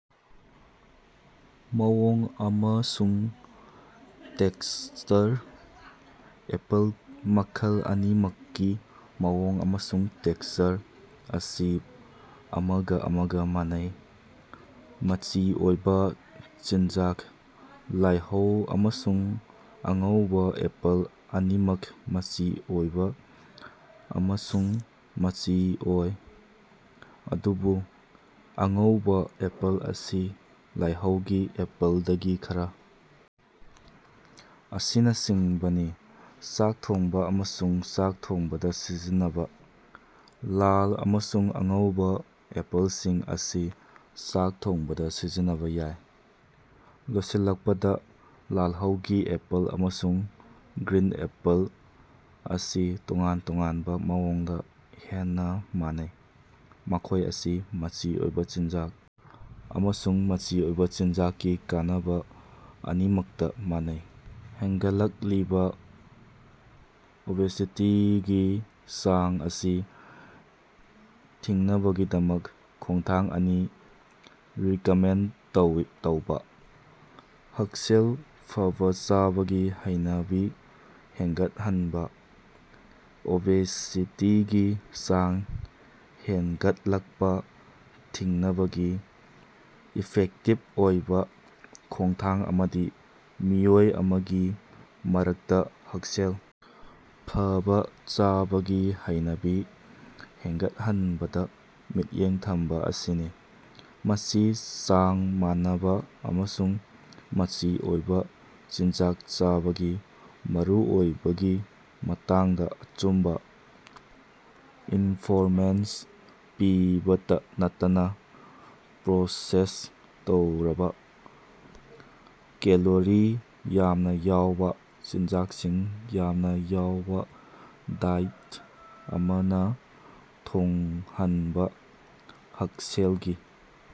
ꯃꯑꯣꯡ ꯑꯃꯁꯨꯡ texture: apple ꯃꯈꯜ ꯑꯅꯤꯃꯛꯀꯤ ꯃꯑꯣꯡ ꯑꯃꯁꯨꯡ ꯇꯦꯛꯁꯆꯔ ꯑꯁꯤ ꯑꯃꯒꯥ ꯑꯃꯒꯥ ꯃꯥꯟꯅꯩ, ꯃꯆꯤ ꯑꯣꯏꯕꯥ ꯆꯤꯟꯖꯥꯛ: ꯂꯥꯜꯍꯧ ꯑꯃꯁꯨꯡ ꯑꯉꯧꯕꯥ ꯑꯦꯄꯜ ꯑꯅꯤꯃꯛ ꯃꯆꯤ ꯑꯣꯏꯕ ꯑꯃꯁꯨꯡ ꯃꯆꯤ ꯑꯣꯏ, ꯑꯗꯨꯕꯨ, ꯑꯉꯧꯕꯥ ꯑꯦꯄꯜ ꯑꯁꯤ ꯂꯥꯜꯍꯧꯒꯤ ꯑꯦꯄꯜꯗꯒꯤ ꯈꯔ ꯑꯁꯤꯅꯆꯤꯡꯕꯅꯤ꯫ ꯆꯥꯛ ꯊꯣꯡꯕꯥ ꯑꯃꯁꯨꯡ ꯆꯥꯛ ꯊꯣꯡꯕꯗꯥ ꯁꯤꯖꯤꯟꯅꯕꯥ: ꯂꯥꯜ ꯑꯃꯁꯨꯡ ꯑꯉꯧꯕꯥ ꯑꯦꯄꯜꯁꯤꯡ ꯑꯁꯤ ꯆꯥꯛ ꯊꯣꯡꯕꯗꯥ ꯁꯤꯖꯤꯟꯅꯕꯥ ꯌꯥꯏ꯫ ꯂꯣꯏꯁꯤꯜꯂꯛꯄꯗꯥ, ꯂꯥꯜꯍꯧꯒꯤ ꯑꯦꯄꯜ ꯑꯃꯁꯨꯡ ꯒ꯭ꯔꯤꯟ ꯑꯦꯄꯜ ꯑꯁꯤ ꯇꯣꯉꯥꯟ ꯇꯣꯉꯥꯟꯕ ꯃꯑꯣꯡꯗꯥ ꯍꯦꯟꯅꯥ ꯃꯥꯟꯅꯩ, ꯃꯈꯣꯏ ꯑꯁꯤ ꯃꯆꯤ ꯑꯣꯏꯕ ꯆꯤꯟꯖꯥꯛ ꯑꯃꯁꯨꯡ ꯃꯆꯤ ꯑꯣꯏꯕ ꯆꯤꯟꯖꯥꯛꯀꯤ ꯀꯥꯟꯅꯕ ꯑꯅꯤꯃꯛꯇꯥ ꯃꯥꯟꯅꯩ꯫ ꯍꯦꯟꯒꯠꯂꯛꯂꯤꯕꯥ ꯑꯣꯕꯦꯁꯤꯇꯤꯒꯤ ꯆꯥꯡ ꯑꯁꯤ ꯊꯤꯡꯅꯕꯒꯤꯗꯃꯛ ꯈꯣꯡꯊꯥꯡ ꯑꯅꯤ ꯔꯤꯀꯃꯦꯟ ꯇꯧꯕ꯫ ꯍꯛꯁꯦꯜ ꯐꯕꯥ ꯆꯥꯕꯒꯤ ꯍꯩꯅꯕꯤ ꯍꯦꯟꯒꯠꯍꯟꯕꯥ: ꯑꯣꯕꯦꯁꯤꯇꯤꯒꯤ ꯆꯥꯡ ꯍꯦꯟꯒꯠꯂꯛꯄꯥ ꯊꯤꯡꯅꯕꯒꯤ ꯏꯐꯦꯛꯇꯤꯚ ꯑꯣꯏꯕ ꯈꯣꯡꯊꯥꯡ ꯑꯃꯗꯤ ꯃꯤꯑꯣꯏ ꯑꯃꯒꯤ ꯃꯔꯛꯇꯥ ꯍꯛꯁꯦꯜ ꯐꯕꯥ ꯆꯥꯕꯒꯤ ꯍꯩꯅꯕꯤ ꯍꯦꯟꯒꯠꯍꯟꯕꯗꯥ ꯃꯤꯠꯌꯦꯡ ꯊꯝꯕꯥ ꯑꯁꯤꯅꯤ꯫ ꯃꯁꯤ ꯆꯥꯡ ꯃꯥꯟꯅꯕ ꯑꯃꯁꯨꯡ ꯃꯆꯤ ꯑꯣꯏꯕ ꯆꯤꯟꯖꯥꯛ ꯆꯥꯕꯒꯤ ꯃꯔꯨꯑꯣꯏꯕꯒꯤ ꯃꯇꯥꯡꯗ ꯑꯆꯨꯝꯕ ꯏꯟꯐꯣꯔꯃꯦꯁꯟ ꯄꯤꯕꯇꯥ ꯅꯠꯇꯅꯥ ꯄ꯭ꯔꯣꯁꯦꯁ ꯇꯧꯔꯕ, ꯀꯦꯂꯣꯔꯤ ꯌꯥꯝꯅ ꯌꯥꯎꯕ ꯆꯤꯟꯖꯥꯛꯁꯤꯡ ꯌꯥꯝꯅ ꯌꯥꯎꯕꯥ ꯗꯥꯏꯠ ꯑꯃꯅꯥ ꯊꯣꯛꯍꯟꯕꯥ ꯍꯛꯁꯦꯜꯒꯤ